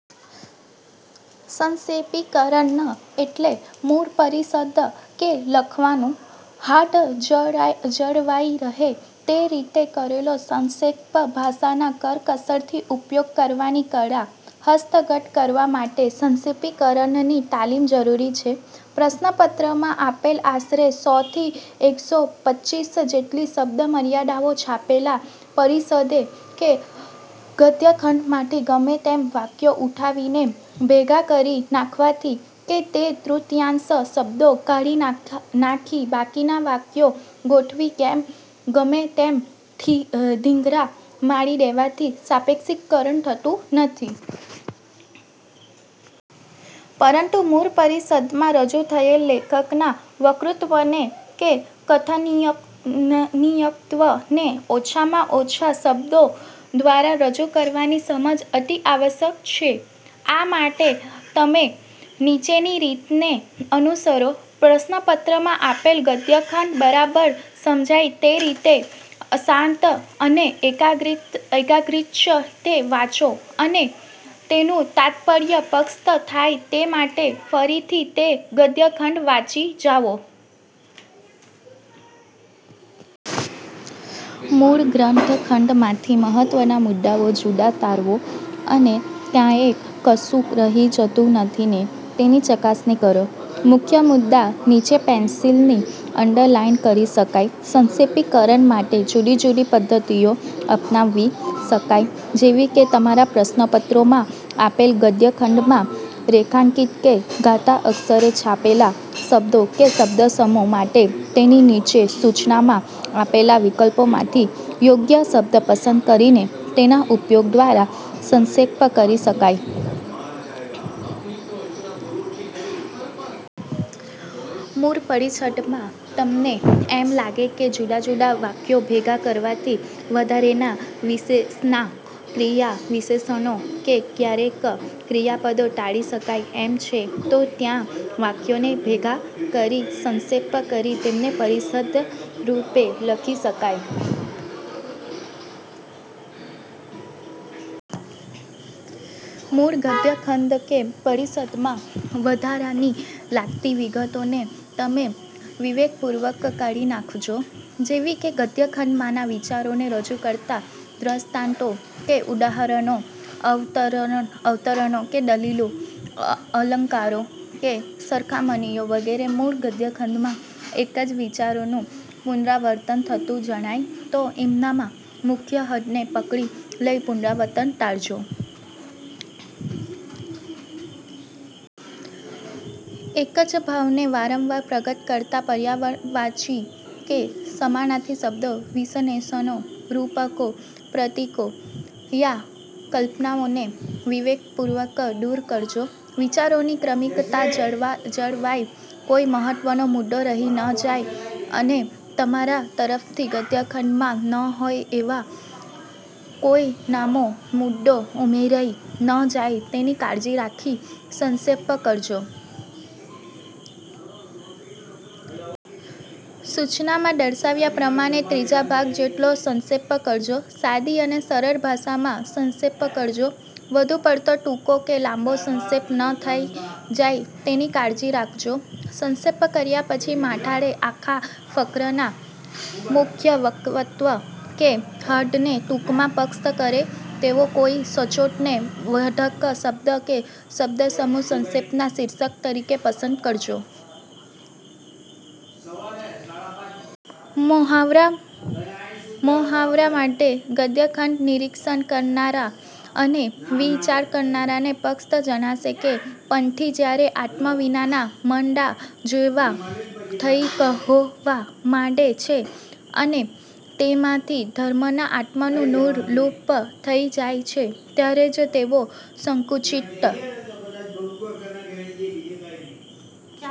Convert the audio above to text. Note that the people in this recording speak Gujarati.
સંક્ષેપીકરણ એટલે મૂળ પરિચ્છેદ કે લખાણનું હાર્દ જળવાઈ રહે તે રીતે કરેલો સંક્ષેપ. ભાષાનો કરકસરથી ઉપયોગ કરવાની કળા હસ્તગત કરવા માટે સંક્ષેપીકરણની તાલીમ જરૂરી છે. પ્રશ્નપત્રમાં આપેલ આશરે સો થી એકસો પચીસ જેટલી શબ્દમર્યાદામાં છાપેલા પરિચ્છેદ કે ગદ્યખંડમાંથી ગમે તેમ વાક્યો ઉઠાવીને ભેગાં કરી નાખવાથી કે તે તૃતીયાંશ શબ્દો કાઢી નાખી બાકીના વાક્યો ગોઠવી, ગમે તેમ થીંગડા મારી દેવાથી સાપેક્ષીકરણ થતું નથી. પરંતુ મૂળ પરિચ્છેદમાં રજૂ થયેલ લેખકના વક્તવ્યને કે કથયિતવ્યને ઓછામાં ઓછા શબ્દો દ્વારા રજૂ કરવાની સમજ અતિ આવશ્યક છે. આ માટે તમે નીચેની રીતને અનુસરો: પ્રશ્નપત્રમાં આપેલ ગદ્યખંડ બરાબર સમજાય તે રીતે, શાંત અને એકાગ્રચિતે વાંચો અને તેનું તાત્પર્ય સ્પષ્ટ થાય તે માટે ફરીથી તે ગદ્યખંડ વાંચી જાઓ. મૂળ ગદ્યખંડમાંથી મહત્ત્વના મુદ્દાઓ જુદા તરવો અને ક્યાંય કશું રહી જતું નથીને તેની ચકાસણી કરો. મુખ્ય મુદા નીચે પેન્સિલથી અન્ડરલાઇન કરી શકાય. સંક્ષેપીકરણ માટે જુદી જુદી પદ્ધતિઓ અપનાવી શકાય. જેવી કે, તમારા પ્રશ્નપત્રમાં આપેલ ગદ્યખંડમાં રેખાંકિત કે ઘાટા અક્ષરે છાપેલા શબ્દો કે શબ્દસમૂહો માટે તેની નીચે સૂચનામાં આપેલા વિકલ્પોમાંથી યોગ્ય શબ્દ પસંદ કરીને તેના ઉપયોગ દ્વારા સંક્ષેપ કરી શકાય. મૂળ પરિચ્છેદમાં તમને એમ લાગે કે જુદાજુદા વાક્યો ભેગા કરવાથી વધારાના વિશેષણો, ક્રિયા વિશેષણો કે કયારેક ક્રિયાપદો ટાળી શકાય. એમ છે, તો ત્યાં વાક્યોને ભેગા કરી સંક્ષેપ કરી તેમને પરિચ્છેદ રૂપે લખી શકાય. મૂળ ગદ્યખંડ કે પરિચ્છેદમાં વધારાની લાગતી વિગતોને તમે વિવેકપૂર્વક કાઢી નાખજો. જેવી કે ગદ્યખંડમાંના વિચારને રજૂ કરતા દૃષ્ટાંતો કે ઉદાહરણો, અવતરણો કે દલીલો, અલંકારો કે સરખામણીઓ વગેરે. મૂળ ગદ્યખંડમાં એક જ વિચારનું પુનરાવર્તન થતું જણાય તો એમાંના મુખ્ય હાર્દને પકડી લઈ પુનરાવર્તન ટાળજો. એક જ ભાવને વારંવાર પ્રગટ કરતાં પર્યાયવાચી કે સમાનાર્થી શબ્દો, વિશેષણો, રૂપકો કે પ્રતીકો યા કલ્પનોને વિવેકપૂર્વક દૂર કરજો. વિચારોની ક્રમિકતા જળવાય, કોઈ મહત્ત્વનો મુદ્દો રહી ન જાય અને તમારા તરફથી ગદ્યખંડમાં ન હોય એવો કોઈ નવો મુદ્દો ઉમેરાઈ ન જાય તેની કાળજી રાખી સંક્ષેપ કરજો. સૂચનામાં દર્શાવ્યા પ્રમાણે ત્રીજા ભાગ જેટલો સંક્ષેપ કરજો. સાદી અને સરળ ભાષામાં સંક્ષેપ કરજો. વધુ પડતો ટૂંકો કે લાંબો સંક્ષેપ ન થઈ જાય તેની કાળજી રાખજો. સંક્ષેપ કર્યા પછી મથાળે આખા ફકરાના મુખ્ય વક્તવ્ય કે હાર્દને ટૂંકમાં સ્પષ્ટ કરે તેવો કોઈ સચોટ ને વેધક શબ્દ કે શબ્દસમૂહ સંક્ષેપના શીર્ષક તરીકે પસંદ કરજો. મહાવરા માટે ગદ્યખંડ "નિરીક્ષણ કરનાર અને વિચાર કરનારને સ્પષ્ટ જણાશે કે પંથી જયારે આત્મા વિનાના મડદા જેવા થઈ કોહવા માંડે છે અને તેમાંથી ધર્મના આત્માનું નૂર લોપ થઈ જાય છે ત્યારે જ તેઓ સંકુચિત